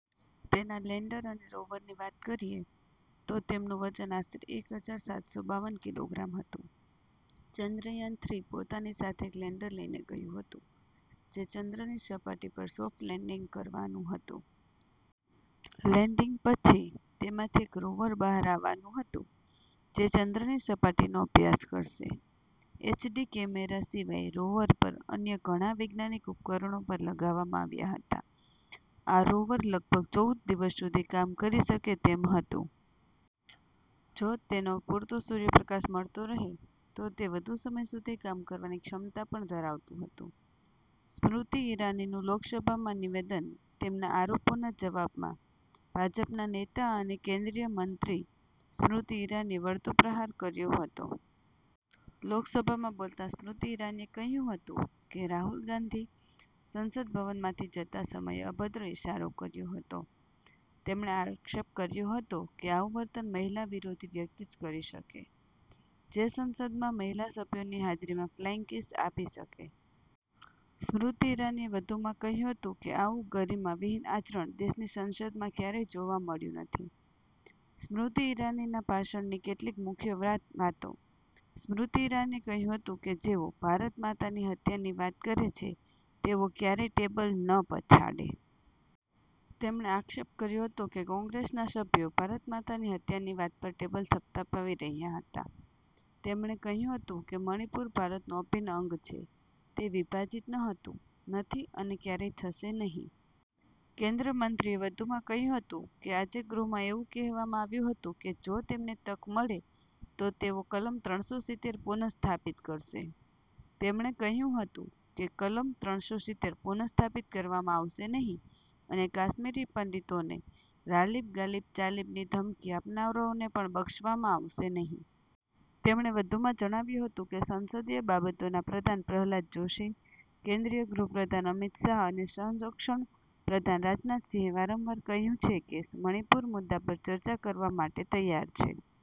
તેના લેન્ડર અને રોવરની વાત કરીએ તો, તેમનું વજન આશરે એક હજાર સાતસો બાવન કિલોગ્રામ હતું. ચંદ્રયાન-થ્રી પોતાની સાથે એક લેન્ડર લઈને ગયું હતું, જે ચંદ્રની દક્ષિણ સપાટી પર સોફ્ટ લેન્ડિંગ કરવાનું હતું. લેન્ડિંગ પછી, તેમાંથી એક રોવર બહાર આવવાનું હતું, જે ચંદ્રની સપાટીનો અભ્યાસ કરશે. એચડી કેમેરા સિવાય રોવર પર અન્ય ઘણા વૈજ્ઞાનિક ઉપકરણો પણ લગાવવામાં આવ્યા હતા. આ રોવર લગભગ ચૌદ દિવસ સુધી કામ કરી શકે તેમ હતું. જો તેને પૂરતો સૂર્યપ્રકાશ મળતો રહે, તો તે વધુ સમય સુધી કામ કરવાની ક્ષમતા પણ ધરાવતું હતું. સ્મૃતિ ઈરાનીનું લોકસભામાં નિવેદન તેમના આરોપોના જવાબમાં ભાજપના નેતા અને કેન્દ્રીય મંત્રી સ્મૃતિ ઈરાનીએ વળતો પ્રહાર કર્યો હતો. લોકસભામાં બોલતાં સ્મૃતિ ઈરાનીએ કહ્યું હતું કે, રાહુલ ગાંધી સંસદ ભવનમાંથી જતા સમયે અભદ્ર ઈશારો કર્યો હતો. તેમણે આક્ષેપ કર્યો હતો કે આવું વર્તન મહિલા વિરોધી વ્યક્તિ જ કરી શકે, જે સંસદમાં મહિલા સભ્યોની હાજરીમાં ફ્લાઈંગ કિસ આપી શકે. સ્મૃતિ ઈરાનીએ વધુમાં કહ્યું હતું કે આવું ગરિમા વિહીન આચરણ દેશની સંસદમાં ક્યારેય જોવા મળ્યું નથી. સ્મૃતિ ઈરાનીના ભાષણની કેટલીક મુખ્ય વાતો સ્મૃતિ ઈરાનીએ કહ્યું હતું કે જેઓ “ભારત માતાની હત્યા”ની વાત કરે છે, તેઓ ક્યારેય ટેબલ ન પછાડે. તેમણે આક્ષેપ કર્યો હતો કે કોંગ્રેસના સભ્યો “ભારત માતાની હત્યા”ની વાત પર ટેબલ થપથપાવી રહ્યા હતા. તેમણે કહ્યું હતું કે મણિપુર ભારતનું અભિન્ન અંગ છે. તે વિભાજિત ન હતું, નથી અને ક્યારેય થશે નહીં. કેન્દ્રીય મંત્રીએ વધુમાં કહ્યું હતું કે આજે ગૃહમાં એવું કહેવામાં આવ્યું હતું કે જો તેમને તક મળે તો તેઓ કલમ ત્રણસો સિત્તેર પુનઃસ્થાપિત કરશે. તેમણે કહ્યું હતું કે કલમ ત્રણસો સિત્તેર પુનઃસ્થાપિત કરવામાં આવશે નહીં અને કાશ્મીરી પંડિતોને “રાલિબ, ગાલિબ, ચાલીબ”ની ધમકી આપનારાઓને પણ બક્ષવામાં આવશે નહીં. તેમણે વધુમાં જણાવ્યું હતું કે સંસદીય બાબતોના પ્રધાન પ્રહલાદ જોશી, કેન્દ્રીય ગૃહ પ્રધાન અમિત શાહ અને સંરક્ષણ પ્રધાન રાજનાથ સિંહે વારંવાર કહ્યું છે કે સરકાર મણિપુર મુદ્દા પર ચર્ચા કરવા માટે તૈયાર છે.